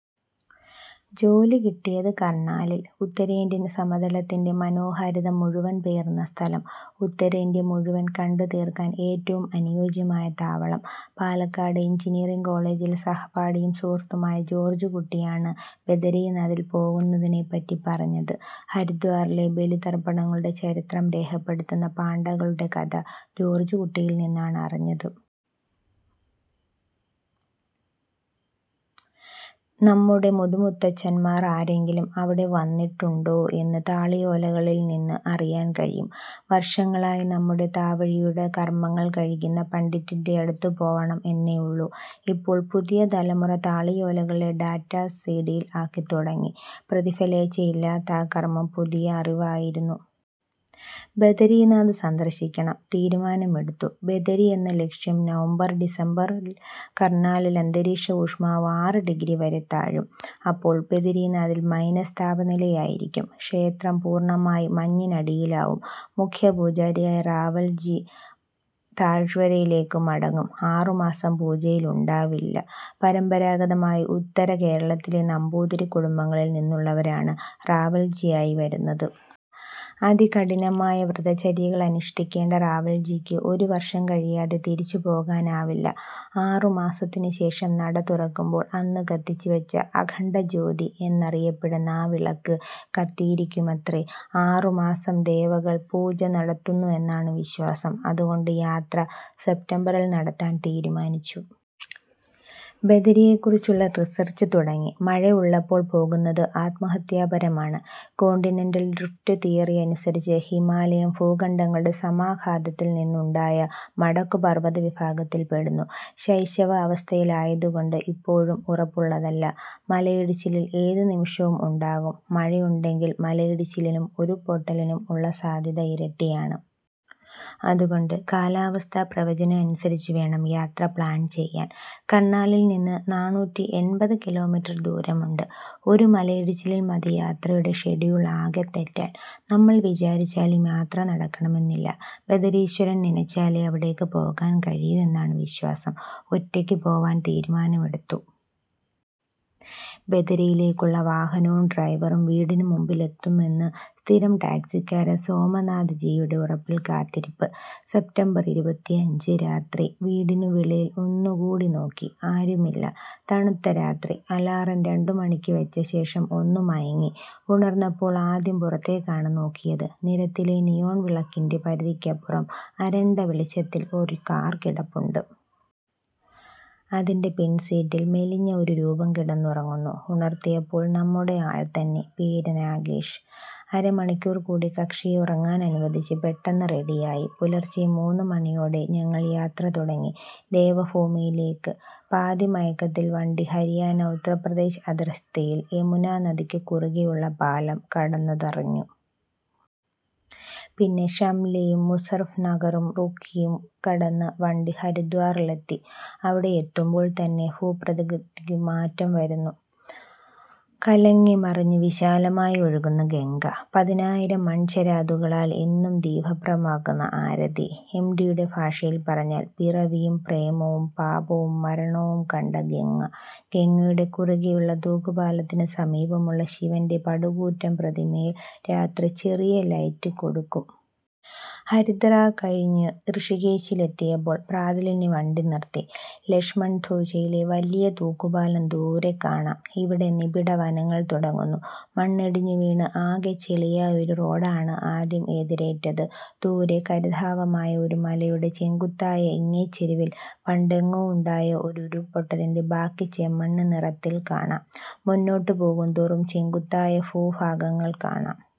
ജോലി കിട്ടിയത് കർണാലിൽ. ഉത്തരേന്ത്യൻ സമതലത്തിൻ്റെ മനോഹാരിത മുഴുവൻ പേറുന്ന സ്ഥലം. ഉത്തരേന്ത്യ മുഴുവൻ കണ്ടു തീർക്കാൻ ഏറ്റവും അനുയോജ്യമായ താവളം. പാലക്കാട് എൻജിനീയറിങ് കോളജിൽ സഹപാഠിയും സുഹൃത്തുമായ ജോർജ് കുട്ടിയാണ് ബദരിനാഥിൽ പോകുന്നതിനെപ്പറ്റി പറഞ്ഞത്. ഹരിദ്വാറിലെ ബലി തർപ്പണങ്ങളുടെ ചരിത്രം രേഖപ്പെടുത്തുന്ന പാണ്ഡകളുടെ കഥ ജോർജ് കുട്ടിയിൽ നിന്നാണ് അറിഞ്ഞത്. നമ്മുടെ മുതുമുത്തച്ഛന്മാർ ആരെങ്കിലും അവിടെ വന്നിട്ടുണ്ടോ എന്ന് താളിയോലകളിൽ നിന്ന് അറിയാൻ കഴിയും. വർഷങ്ങളായി നമ്മുടെ താവഴിയുടെ കർമങ്ങൾ കഴിക്കുന്ന പണ്ഡിറ്റിൻ്റെ അടുത്തു പോവണം എന്നേ ഉള്ളൂ. ഇപ്പോൾ പുതിയ തലമുറ താളിയോലകളിലെ ഡാറ്റാസ് സിഡിയിൽ ആക്കിത്തുടങ്ങി. പ്രതിഫലേച്ഛ ഇല്ലാത്ത ആ കർമം പുതിയ അറിവായിരുന്നു. ബദരിനാഥ് സന്ദർശിക്കണം, തീരുമാനമെടുത്തു. ബദരി എന്ന ലക്ഷ്യം നവംബർ ഡിസംബറിൽ കർനാലിൽ അന്തരീക്ഷ ഊഷ്മാവ് ആറു ഡിഗ്രി വരെ താഴും. അപ്പോൾ ബദരിനാഥിൽ മൈനസ് താപനിലയായിരിക്കും. ക്ഷേത്രം പൂർണമായി മഞ്ഞിനടിയിലാവും. മുഖ്യ പൂജാരിയായ റാവൽജി താഴ്വരയിലേക്കു മടങ്ങും. ആറുമാസം പൂജയുണ്ടാവില്ല. പരമ്പരാഗതമായി ഉത്തരകേരളത്തിലെ നമ്പൂതിരി കുടുംബങ്ങളിൽ നിന്നുള്ളവരാണ് റാവൽജിയായി വരുന്നത്. അതികഠിനമായ വ്രതചര്യകൾ അനുഷ്ഠിക്കേണ്ട റാവൽജിക്കു ഒരു വർഷം കഴിയാതെ തിരിച്ചു പോകാനാവില്ല. ആറു മാസത്തിനു ശേഷം നട തുറക്കുമ്പോൾ അന്നു കത്തിച്ചു വച്ച "അഖണ്ഡ ജ്യോതി" എന്നറിയപ്പെടുന്ന ആ വിളക്ക് കത്തിയിരിക്കുമത്രേ. ആറു മാസം ദേവകൾ പൂജ നടത്തുന്നുവെന്നാണ് വിശ്വാസം. അതുകൊണ്ട് യാത്ര സെപ്റ്റംബറിൽ നടത്താൻ തീരുമാനിച്ചു. ബദരിയെക്കുറിച്ചുള്ള റിസർച് തുടങ്ങി. മഴ ഉള്ളപ്പോൾ പോകുന്നത് ആത്മഹത്യാപരമാണ്. കോണ്ടിനെൻ്റൽ ഡ്രിഫ്റ്റ് തിയറി അനുസരിച്ച് ഹിമാലയം ഭൂഖണ്ഡങ്ങളുടെ സമാഘാതത്തിൽ നിന്ന് ഉണ്ടായ മടക്കു പർവത വിഭാഗത്തിൽ പെടുന്നു. ശൈശവ അവസ്ഥയിലായതു കൊണ്ട് ഇപ്പോഴും ഉറപ്പുള്ളതല്ല. മലയിടിച്ചിൽ ഏതു നിമിഷവും ഉണ്ടാകും. മഴ ഉണ്ടെങ്കിൽ മലയിടിച്ചിലിനും ഉരുൾപൊട്ടലിനും ഉള്ള സാധ്യത ഇരട്ടിയാണ്. അതുകൊണ്ട് കാലാവസ്ഥാ പ്രവചനം അനുസരിച്ച് വേണം യാത്ര പ്ലാൻ ചെയ്യാൻ.. കർണാലിൽ നിന്ന് നാന്നൂറ്റിഎൺപത് കിലോമീറ്റർ ദൂരമുണ്ട്. ഒരു മലയിടിച്ചിൽ മതി യാത്രയുടെ ഷെഡ്യൂൾ ആകെ തെറ്റാൻ. നമ്മൾ വിചാരിച്ചാലും യാത്ര നടക്കണമെന്നില്ല. ബദരീശ്വരൻ നിനച്ചാലെ അവിടേക്കു പോകാൻ കഴിയൂ എന്നാണു വിശ്വാസം. ഒറ്റക്കു പോവാൻ തീരുമാനമെടുത്തു. ബദരിയിലേക്കുള്ള വാഹനവും ഡ്രൈവറും വീടിനുമുമ്പിലെത്തുമെന്ന് സ്ഥിരം ടാക്സിക്കാരൻ സോമനാഥ് ജിയുടെ ഉറപ്പിൽ കാത്തിരിപ്പ്. സെപ്റ്റംബർ ഇരുപത്തിഅഞ്ച്, രാത്രി. വീടിനു വെളിയിൽ ഒന്നു കൂടി നോക്കി. ആരുമില്ല. തണുത്ത രാത്രി. അലാറം രണ്ടു മണിക്കു വച്ച ശേഷം ഒന്നു മയങ്ങി. ഉണർന്നപ്പോൾ ആദ്യം പുറത്തേക്കാണ് നോക്കിയത്. നിരത്തിലെ നിയോൺ വിളക്കിൻ്റെ പരിധിക്കപ്പുറം അരണ്ട വെളിച്ചത്തിൽ ഒരു കാർ കിടപ്പുണ്ട്. അതിൻ്റെ പിൻസീറ്റിൽ മെലിഞ്ഞ ഒരു രൂപം കിടന്നുറങ്ങുന്നു. ഉണർത്തിയപ്പോൾ നമ്മുടെ ആൾ തന്നെ. പേര് നാഗേഷ്. അര മണിക്കൂർ കൂടി കക്ഷിയെ ഉറങ്ങാനനുവദിച്ച് പെട്ടെന്ന് റെഡിയായി. പുലർച്ചെ മൂന്നു മണിയോടെ ഞങ്ങൾ യാത്ര തുടങ്ങി. ദേവഭൂമിയിലേക്ക് പാതിമയക്കത്തിൽ വണ്ടി ഹരിയാന ഉത്തരപ്രദേശ് അതിർത്തിയിൽ യമുനനദിക്കു കുറുകെയുള്ള പാലം കടന്നതറിഞ്ഞു. പിന്നെ ഷംലിയും മുസഫർനഗറും റൂർക്കിയും കടന്ന് വണ്ടി ഹരിദ്വാറിലെത്തി. അവിടെയെത്തുമ്പോൾ തന്നെ ഭൂപ്രകൃതിക്കു മാറ്റം വരുന്നു. കലങ്ങി മറിഞ്ഞു വിശാലമായി ഒഴുകുന്ന ഗംഗ. പതിനായിരം മൺചെരാതുകളാൽ എന്നും ദീപപ്രഭമാക്കുന്ന ആരതി. എം. ടിയുടെ ഭാഷയിൽ പറഞ്ഞാൽ "പിറവിയും പ്രേമവും പാപവും മരണവും കണ്ട ഗംഗ". ഗംഗയുടെ കുറുകെയുള്ള തൂക്കു പാലത്തിനു സമീപമുള്ള ശിവൻ്റെ പടുകൂറ്റൻ പ്രതിമയിൽ രാത്രി ചെറിയ ലൈറ്റ് കൊടുക്കും. ഹരിദ്വാർ കഴിഞ്ഞു ഋഷികേശിലെത്തിയപ്പോൾ പ്രാതലിന് വണ്ടി നിർത്തി. ലക്ഷ്മൺ ഝൂലയിലെ വലിയ തൂക്കുപാലം ദൂരെ കാണാം. ഇവിടെ നിബിഢവനങ്ങൾ തുടങ്ങുന്നു. മണ്ണിടിഞ്ഞു വീണ് ആകെ ചെളിയായ ഒരു റോഡാണ് ആദ്യം എതിരേറ്റത്. ദൂരെ ഹരിതാഭമായ ഒരു മലയുടെ ചെങ്കുത്തായ ഇങ്ങേച്ചെരുവിൽ പണ്ടെങ്ങോ ഉണ്ടായ ഒരു ഉരുൾ പൊട്ടലിൻ്റെ ബാക്കി ചെമ്മണ്ണ് നിറത്തിൽ കാണാം. മുന്നോട്ടു പോകുന്തോറും ചെങ്കുത്തായ ഭൂഭാഗങ്ങൾ കാണാം.